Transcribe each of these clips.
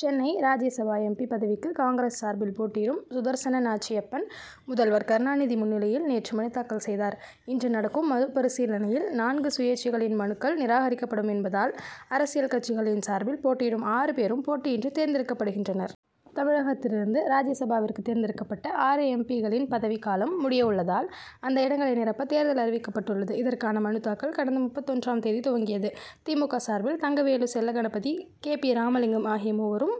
Chennai Rajya Sabha M. P. பதவிக்கு காங்கிரஸ் சார்பில் போட்டியிடும் சுதர்சன நாச்சியப்பன், முதல்வர் கருணாநிதி முன்னிலையில் நேற்று மனு தாக்கல் செய்தார். இன்று நடக்கும் மனு பரிசீலனையில், நான்கு சுயேச்சைகளின் மனுக்கள் நிராகரிக்கப்படும் என்பதால், அரசியல் கட்சிகளின் சார்பில் போட்டியிடும் ஆறு பேரும் போட்டியின்றி தேர்ந்தெடுக்கப்படுகின்றனர். தமிழகத்திலிருந்து ராஜ்யசபாவிற்கு தேர்ந்தெடுக்கப்பட்ட ஆறு எம். பி.க்களின் பதவிக்காலம் முடிய உள்ளதால், அந்த இடங்களை நிரப்ப தேர்தல் அறிவிக்கப்பட்டுள்ளது. இதற்கான மனு தாக்கல், கடந்த முப்பத்தொன்றாம் தேதி துவங்கியது. தி. மு. க. சார்பில், தங்கவேலு, செல்வகணபதி, கே. பி. ராமலிங்கம் ஆகிய மூவரும்,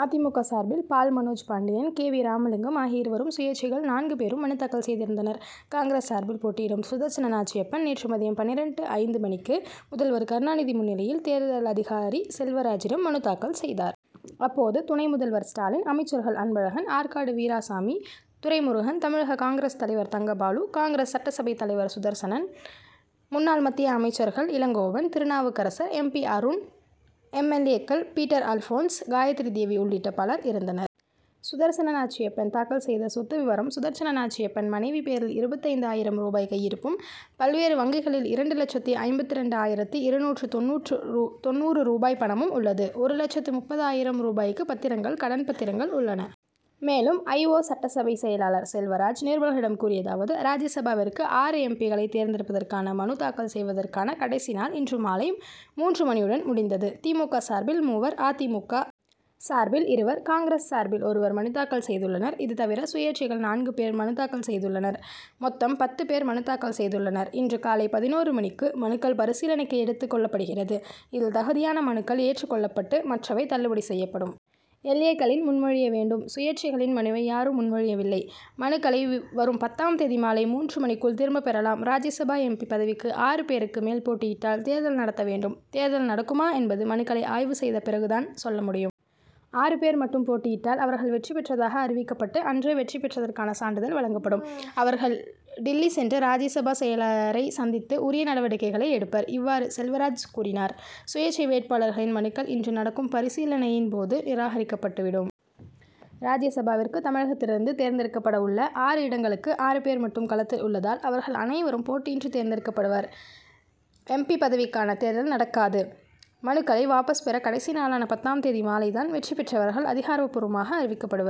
அ. தி. மு. க. சார்பில் Paul Manoj Pandian, K. V. Ramalingam ஆகிய இருவரும், சுயேச்சைகள் நான்கு பேரும் மனு தாக்கல் செய்திருந்தனர். காங்கிரஸ் சார்பில் போட்டியிடும் சுதர்சன நாச்சியப்பன் நேற்று மதியம் பன்னிரண்டு ஐந்து மணிக்கு, முதல்வர் கருணாநிதி முன்னிலையில், தேர்தல் அதிகாரி செல்வராஜிடம் மனு தாக்கல் செய்தார். அப்போது துணை முதல்வர் ஸ்டாலின், அமைச்சர்கள் அன்பழகன், ஆற்காடு வீராசாமி, துரைமுருகன், தமிழக காங்கிரஸ் தலைவர் தங்கபாலு, காங்கிரஸ் சட்டசபை தலைவர் சுதர்சனம், முன்னாள் மத்திய அமைச்சர்கள் Elangovan, Thirunavukkarasar, M. P., Aaroon, M. L. ஏ.,க்கள் பீட்டர் அல்போன்ஸ், காயத்ரிதேவி உள்ளிட்ட பலர் இருந்தனர். சுதர்சன நாச்சியப்பன் தாக்கல் செய்த சொத்து விவரம் சுதர்சன நாச்சியப்பன், மனைவி பெயரில் இருபத்தைந்து ஆயிரம் ரூபாய் கையிருப்பும், பல்வேறு வங்கிகளில் இரண்டு லட்சத்து ஐம்பத்திரண்டு ஆயிரத்து இருநூற்று தொண்ணூறு ரூபாய் பணமும் உள்ளது. ஒரு லட்சத்து முப்பது ஆயிரம் ரூபாய்க்கு பத்திரங்கள், கடன் பத்திரங்கள் உள்ளன. ஐ. மேலும், ஐ. ஓ. சட்டசபை செயலர் செல்வராஜ், நிருபர்களிடம் கூறியதாவது ராஜ்யசபாவிற்கு ஆறு எம். பி.,க்களை தேர்ந்தெடுப்பதற்கான மனு தாக்கல் செய்வதற்கான கடைசி நாள் இன்று மாலை மூன்று மணியுடன் முடிந்தது. தி. மு. க. சார்பில் மூவர், அ. தி. மு. க. சார்பில் இருவர், காங்கிரஸ் சார்பில் ஒருவர் மனு தாக்கல் செய்துள்ளனர். இதுதவிர, சுயேச்சைகள் நான்கு பேர் மனு தாக்கல் செய்துள்ளனர். மொத்தம் பத்து பேர் மனு தாக்கல் செய்துள்ளனர். இன்று காலை பதினொரு மணிக்கு, மனுக்கள் பரிசீலனைக்கு எடுத்துக் கொள்ளப்படுகிறது. இதில் தகுதியான மனுக்கள் ஏற்றுக் கொள்ளப்பட்டு, மற்றவை தள்ளுபடி செயப்படும். எல். ஏ.,க்கள் முன்மொழிய வேண்டும். சுயேச்சைகளின் மனுவை யாரும் முன்மொழியவில்லை. மனுக்களை வரும் பத்தாம் தேதி மாலை மூன்று மணிக்குள் திரும்பப் பெறலாம். ராஜ்யசபா எம். பி., பதவிக்கு ஆறு பேருக்கு மேல் பேட்டியிட்டால் தேர்தல் நடத்த வேண்டும். தேர்தல் நடக்குமா என்பது மனுக்களை ஆய்வு செய்த பிறகு தான் சொல்ல முடியும். ஆறு பேர் மட்டும் போட்டியிட்டால், அவர்கள் வெற்றி பெற்றதாக அறிவிக்கப்பட்டு, அன்றே வெற்றி பெற்றதற்கான சான்றிதழ் வழங்கப்படும். அவர்கள் டில்லி சென்று ராஜ்யசபா செயலரை சந்தித்து உரிய நடவடிக்கைகளை எடுப்பர். இவ்வாறு செல்வராஜ் கூறினார். சுயேச்சை வேட்பாளர்களின் மனுக்கள் இன்று நடக்கும் பரிசீலனையின் போது நிராகரிக்கப்பட்டுவிடும். ராஜ்யசபாவிற்கு தமிழகத்திலிருந்து தேர்ந்தெடுக்கப்படவுள்ள ஆறு இடங்களுக்கு, ஆறு பேர் மட்டுமே களத்தில் உள்ளதால், அவர்கள் அனைவரும் போட்டியின்றி தேர்ந்தெடுக்கப்படுவர். பி., பதவிக்கான தேர்தல் நடக்காது. மனுக்களை வாபஸ் பெற கடைசி நாளான பத்தாம் தேதி மாலை தான் வெற்றி பெற்றவர்கள் அதிகாரப்பூர்வமாக அறிவிக்கப்படுவர்.